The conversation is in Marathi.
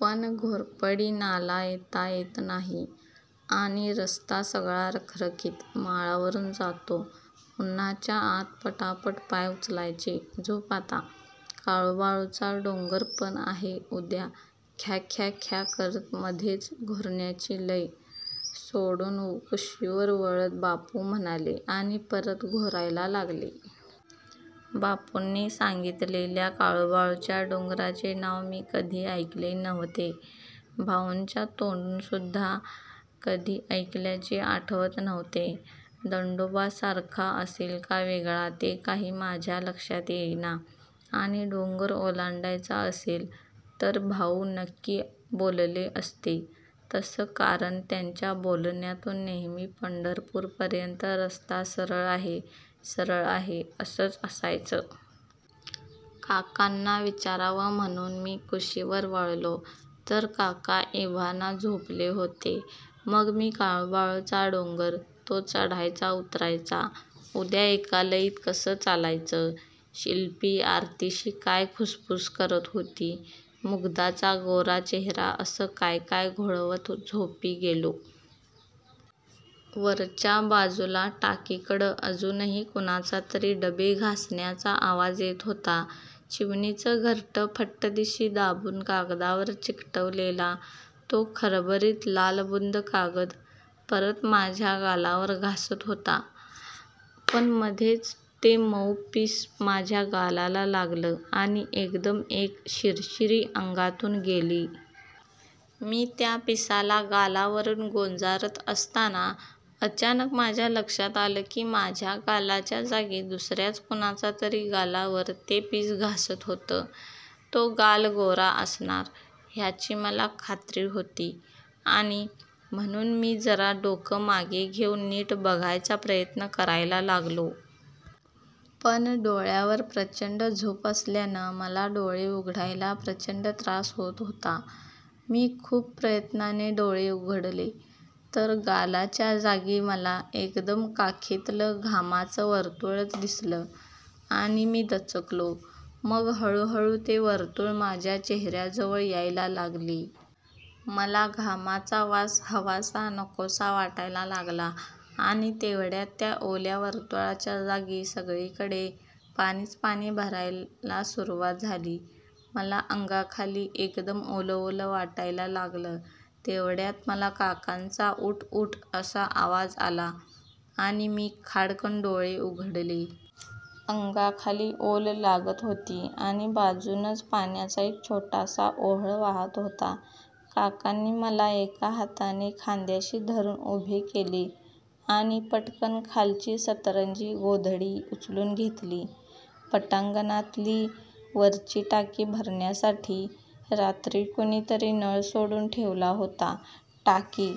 पण घोरपडी नाला येता येत नाही आणि रस्ता सगळा रखरखीत माळावरुन जातो. उन्हाच्या आत पटापट पाय उचलायचे. झोप आता. काळूबाळूचा डोंगर पण आहे उद्या ख्याख्याख्या करत मध्येच घोरण्याची लय सोडून कुशीवर वळत बापू म्हणाले आणि परत घोरायला लागले. बापूंनी सांगितलेल्या काळूबाळूच्या डोंगराचे नाव मी कधी ऐकले नव्हते. भाउंच्या तोंडून सुद्धा कधी ऐकल्याचे आठवत नव्हते. दंडोबासारखा असेल का वेगळा ते काही माझ्या लक्षात येईना आणि डोंगर ओलांडायचा असेल तर भाऊ नक्की बोलले असते तसं कारण त्यांच्या बोलण्यातून नेहेमी पंढरपूरपर्यंत रस्ता सरळ आहे, सरळ आहे असच असायचं. काकांना विचारावं म्हणुन मी कुशीवर वळलो तर काका एव्हाना झोपले होते. मग मी काळूबाळूचा डोंगर, तो चढायचा-उतरायचा, उद्या एका लयीत कसं चालायचं, शिल्पी आरतीशी काय खुसफुस करत होती, मुग्धाचा गोरा चेहरा असं काय काय घोळवत झोपी गेलो. वरच्या बाजूला टाकीकडं अजूनही कुणाचातरी डबे घासण्याचा आवाज येत होता. चिमणीचं घरटं फट्टदिशी दाबून कागदावर चिकटवलेला तो खरबरीत लालबुंद कागद परत माझ्या गालावर घासत होता. पण मधेच ते मउ पीस माझ्या गालाला लागलं आणि एकदम एक शिरशिरी अंगातून गेली. मी त्या पिसाला गालावरुन गोंजारत असताना अचानक माझ्या लक्षात आलं की माझ्या गालाच्या जागी दुसर्याच कुणाचा तरी गालावर ते पीस घासत होतं. तो गाल गोरा असणार ह्याची मला खात्री होती आणि म्हणुन मी जरा डोकं मागे घेउन नीट बघायचा प्रयत्न करायला लागलो. पण डोळ्यावर प्रचंड झोप असल्यानं मला डोळे उघडायला प्रचंड त्रास होत होता. मी खूप प्रयत्नाने डोळे उघडले तर गालाच्या जागी मला एकदम काखेतलं घामाचं वर्तुळच दिसलं आणि मी दचकलो. मग हळुहळु ते वर्तुळ माझ्या चेहर्याजवळ यायला लागले. मला घामाचा वास हवासा-नकोसा वाटायला लागला आणि तेव्हड्यात त्या ओल्या वर्तुळाच्या जागी सगळीकडे पाणीच पाणी भरायला सुरुवात झाली. मला अंगाखाली एकदम ओलं ओलं वाटायला लागलं. तेव्हड्यात मला काकांचा उठ उठ असा आवाज आला आणि मी खाडकन् डोळे उघडले. अंगाखाली ओल लागत होती आणि बाजूनच पाण्याचा एक छोटासा ओहळ वाहत होता. काकांनी मला एका हाताने खांद्याशी धरुन उभे केले आणि पटकन खालची सतरंजी-गोधडी उचलून घेतली. पटांगणातली वरची टाकी भरण्यासाठी रात्री कुणीतरी नळ सोडून ठेवला होता. टाकी